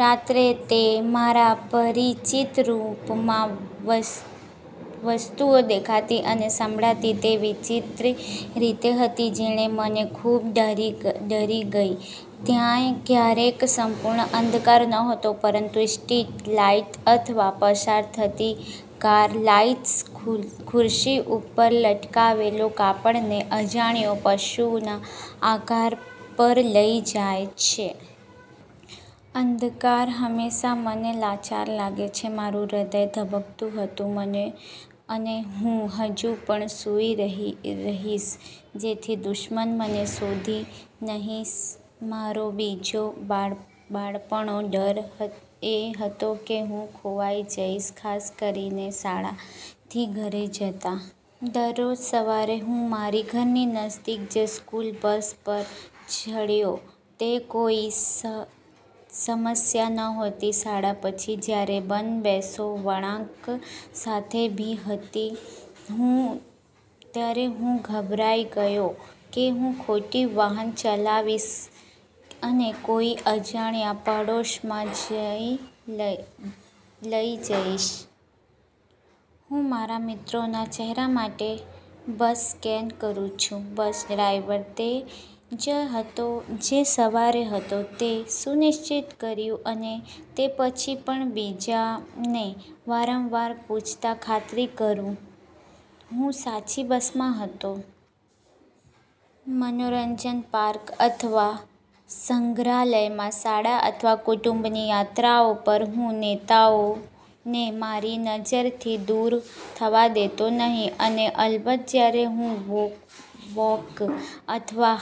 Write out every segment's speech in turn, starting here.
રાત્રે તે મારા પરિચિત રૂમમાં વસ્તુઓ દેખાતી અને સંભળાતી તે વિચિત્ર રીત હતી જેણે મને ખૂબ ડરી ગઈ. ત્યાં ક્યારેય સંપૂર્ણ અંધકાર નહોતો, પરંતુ સ્ટ્રીટ લાઇટ અથવા પસાર થતી કાર લાઇટ્સ ખુરશી ઉપર લટકાવેલા કપડાંને અજાણ્યો પશુના આકાર પર લઈ જાય છે. અંધકાર હંમેશા મને લાચાર લાગે છે. મારું હૃદય ધબકતું હતું અને હું હજી પણ સૂઈ રહીશ જેથી 'દુશ્મન' મને શોધે નહીં. મારો બીજો બાળપણનો ડર એ હતો કે હું ખોવાઈ જઈશ, ખાસ કરીને શાળાથી ઘરે જતા. દરરોજ સવારે, હું મારા ઘરની નજીક જ સ્કૂલ બસ પર ચડ્યો તે કોઈ સમસ્યા નહોતી. શાળા પછી, જ્યારે, બધી બસો વળાંક સાથે. ભી હતી, ત્યારે હું ગભરાઈ ગયો હતો કે હું ખોટી વાહન ચલાવીશ અને કોઈ અજાણ્યા પાડોશમાં જઈ લઇશ લઈ જઇશ. હું મારા મિત્રોના ચહેરા માટે બસ સ્કેન કરું છું, બસ ડ્રાઇવર તે જ હતો જે સવારે હતો તે સુનિશ્ચિત કરું, અને તે પછી પણ બીજાને વારંવાર પૂછવા ખાતરી કરું, હું સાચી બસમાં હતો. મનોરંજન પાર્ક અથવા સંગ્રહાલયમાં શાળા અથવા કુટુંબની યાત્રાઓ પર, હું નેતાઓને મારી નજરથી દૂર થવા દેતો નહીં. અને અલબત્ત, જ્યારે હું વોક અથવા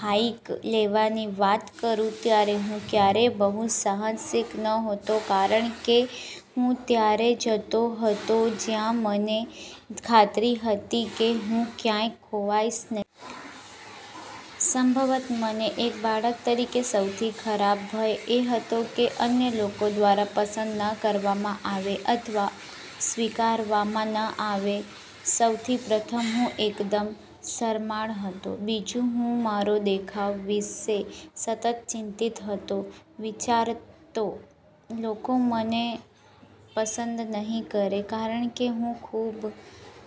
હાઇક લેવાની વાત કરું ત્યારે હું ક્યારેય બહુ સાહસિક નહોતો કારણ કે હું ત્યારે જતો હતો જ્યાં મને ખાતરી હતી કે હું ક્યારેય ખોવાઈશ નહીં. સંભવત, મને એક બાળક તરીકેનો સૌથી ખરાબ ભય એ હતો કે અન્ય લોકો દ્વારા પસંદ ન કરવામાં આવે અથવા સ્વીકારવામાં ન આવે. સૌ પ્રથમ, હું એકદમ શરમાળ હતો. બીજું, હું મારા દેખાવ વિશે સતત ચિંતિત હતો, વિચારતા લોકો મને પસંદ નહીં કરે કારણ કે હું ખૂબ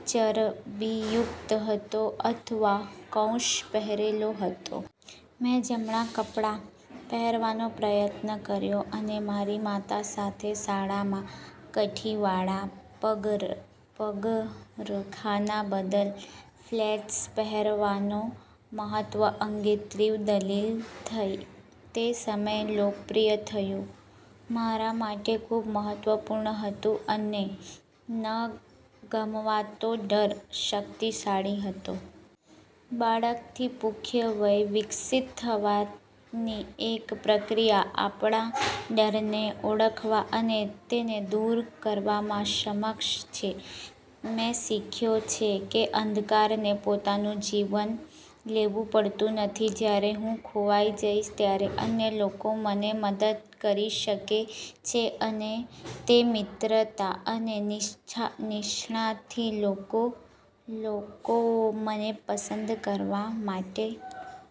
ચરબીયુક્ત હતો અથવા કૌંસ પહેરતો હતો. મેં 'જમણા કપડા' પહેરવાનો પ્રયત્ન કર્યો અને મારી માતા સાથે શાળામાં કાઠીવાળા પગરખાંના બદલે ફ્લેટ્સ પહેરવાના મહત્વ અંગે તીવ્ર દલીલો થઈ. તે સમયે લોકપ્રિય થવું મારા માટે ખૂબ મહત્વનું હતું અને ન ગમવાનો ડર શક્તિશાળી હતો. બાળકથી પુખ્ત વયે વિકસિત થવાની એક પ્રક્રિયા આપણા ડરને ઓળખવા અને તેને દૂર કરવામાં સક્ષમ છે. મેં શીખ્યા છે કે અંધકારને પોતાનું જીવન લેવું પડતું નથી, જ્યારે હું ખોવાઈ જઈશ ત્યારે અન્ય લોકો મને મદદ કરી શકે છે અને તે મિત્રતા અને નિષ્ઠાથી લોકો લોકો મને પસંદ કરવા માટે।